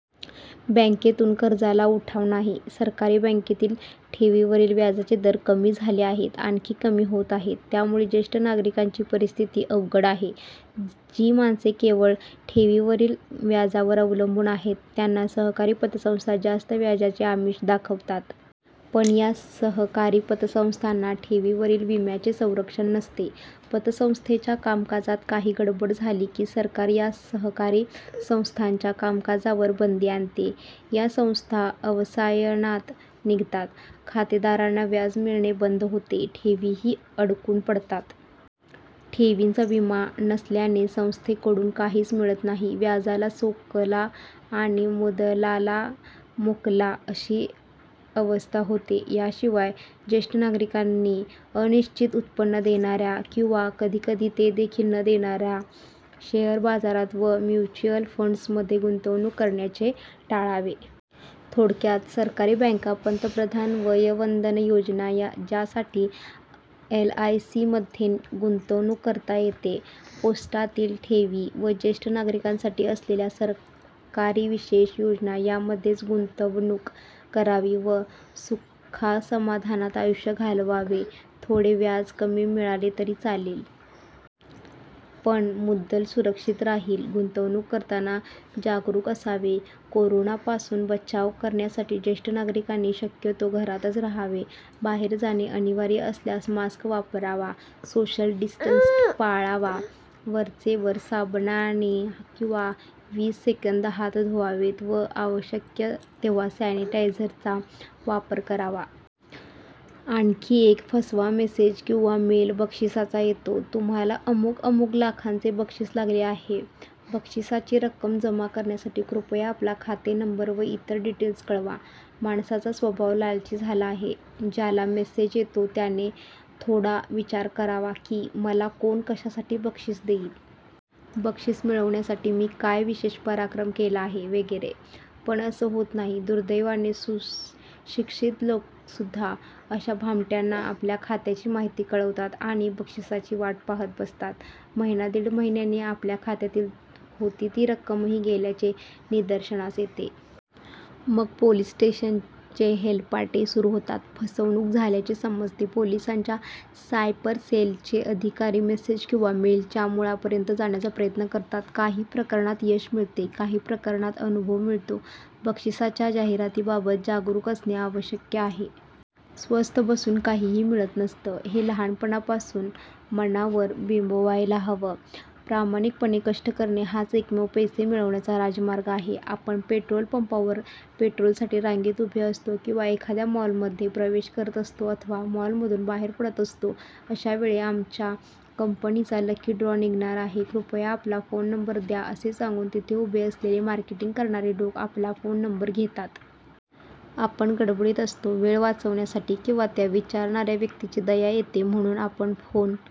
बँकेतून कर्जाला उठाव नाही. सरकारी बँकेतील ठेवींवरील व्याजाचे दर कमी झाले आहेत. आणखी कमी होत आहेत. त्यामुळे ज्येष्ठ नागरिकांची परिस्थिती अवघड आहे. जी माणसे केवळ ठेवींवरील व्याजावर अवलंबून आहेत, त्यांना सहकारी पतसंस्था जास्त व्याजाचे आमिष दाखवतात. पण या सहकारी पतसंस्थांना ठेवींवरील विम्याचे संरक्षण नसते. पतसंस्थेच्या कामकाजात काही गडबड झाली की सरकार या सहकारी संस्थांच्या कामकाजावर बंदी आणते. या संस्था अवसायनात निघतात. खातेदारांना व्याज मिळणे बंद होते. ठेवीही अडकून पडतात. ठेवींचा विमा नसल्याने संस्थेकडून काहीच मिळत नाही. व्याजाला सोकला आणि मुदलाला मुकला, अशी अवस्था होते. याशिवाय ज्येष्ठ नागरिकांनी अनिश्चित उत्पन्न देणाऱ्या किंवा कधीकधी ते देखील न देणाऱ्या शेअर बाजारात व म्युच्युअल फंड्समध्ये गुंतवणूक करण्याचे टाळावे. थोडक्यात सरकारी बँका, पंतप्रधान वय वंदन योजना, ज्यासाठी एलआयसीमध्ये गुंतवणूक करता येते, पोस्टातील ठेवी व ज्येष्ठ नागरिकांसाठी असलेल्या सरकारी विशेष योजना यामध्येच गुंतवणूक करावी व सुखासमाधानात आयुष्य घालवावे. थोडे व्याज कमी मिळाले तरी चालेल. पण मुद्दल सुरक्षित राहील. गुंतवणूक करताना जागरूक असावे. कोरोनापासून बचाव करण्यासाठी ज्येष्ठ नागरिकांनी शक्यतो घरातच राहावे. बाहेर जाणे अनिवार्य असल्यास मास्क वापरावा, सोशल डिस्टन्स पाळावा, वरचेवर साबणाने किमान वीस सेकंद हात धुवावेत व आवश्यक तेव्हा सॅनिटायझरचा वापर करावा. आणखी एक फसवा मेसेज किंवा मेल बक्षिसाचा येतो. तुम्हाला अमुक अमुक लाखांचे बक्षीस लागले आहे. बक्षिसाची रक्कम जमा करण्यासाठी कृपया आपला खाते नंबर व इतर डिटेल्स कळवा. माणसाचा स्वभाव लालची झाला आहे. ज्याला मेसेज येतो त्याने थोडा विचार करावा की, मला कोण कशासाठी बक्षीस देईल? बक्षीस मिळण्यासाठी मी काय विशेष पराक्रम केला आहे? वगैरे. पण असं होत नाही. दुर्दैवाने सुशिक्षित लोकसुद्धा अशा भामट्यांना आपल्या खात्याची माहिती कळवतात आणि बक्षिसाची वाट पाहत बसतात. महिना दीड महिन्यांनी आपल्या खात्यातील होती ती रक्कमही गेल्याचे निदर्शनास येते. मग पोलिस स्टेशनचे हेलपाटे सुरू होतात. फसवणूक झाल्याचे समजते. पोलिसांच्या सायबर सेलचे अधिकारी मेसेज किंवा मेलच्या मुळापर्यंत जाण्याचा प्रयत्न करतात. काही प्रकरणात यश मिळते. काही प्रकरणात अनुभव मिळतो. बक्षिसाच्या जाहिरातीबाबत जागरूक असणे आवश्यक आहे. स्वस्थ बसून काहीही मिळत नसतं, हे लहानपणापासून मनावर बिंबवायला हवं. प्रामाणिकपणे कष्ट करणे हाच एकमेव पैसे मिळवण्याचा राजमार्ग आहे. आपण पेट्रोल पंपावर पेट्रोलसाठी रांगेत उभे असतो किंवा एखाद्या मॉलमध्ये प्रवेश करत असतो अथवा मॉलमधून बाहेर पडत असतो, अशावेळी आमच्या कंपनीचा लकी ड्रॉ निघणार आहे, कृपया आपला फोन नंबर द्या, असे सांगून तिथे उभे असलेले मार्केटिंग करणारे लोक आपला फोन नंबर घेतात. आपण गडबडीत असतो. वेळ वाचवण्यासाठी, किंवा त्या विचारणाऱ्या व्यक्तीची दया येते म्हणून आपण फोन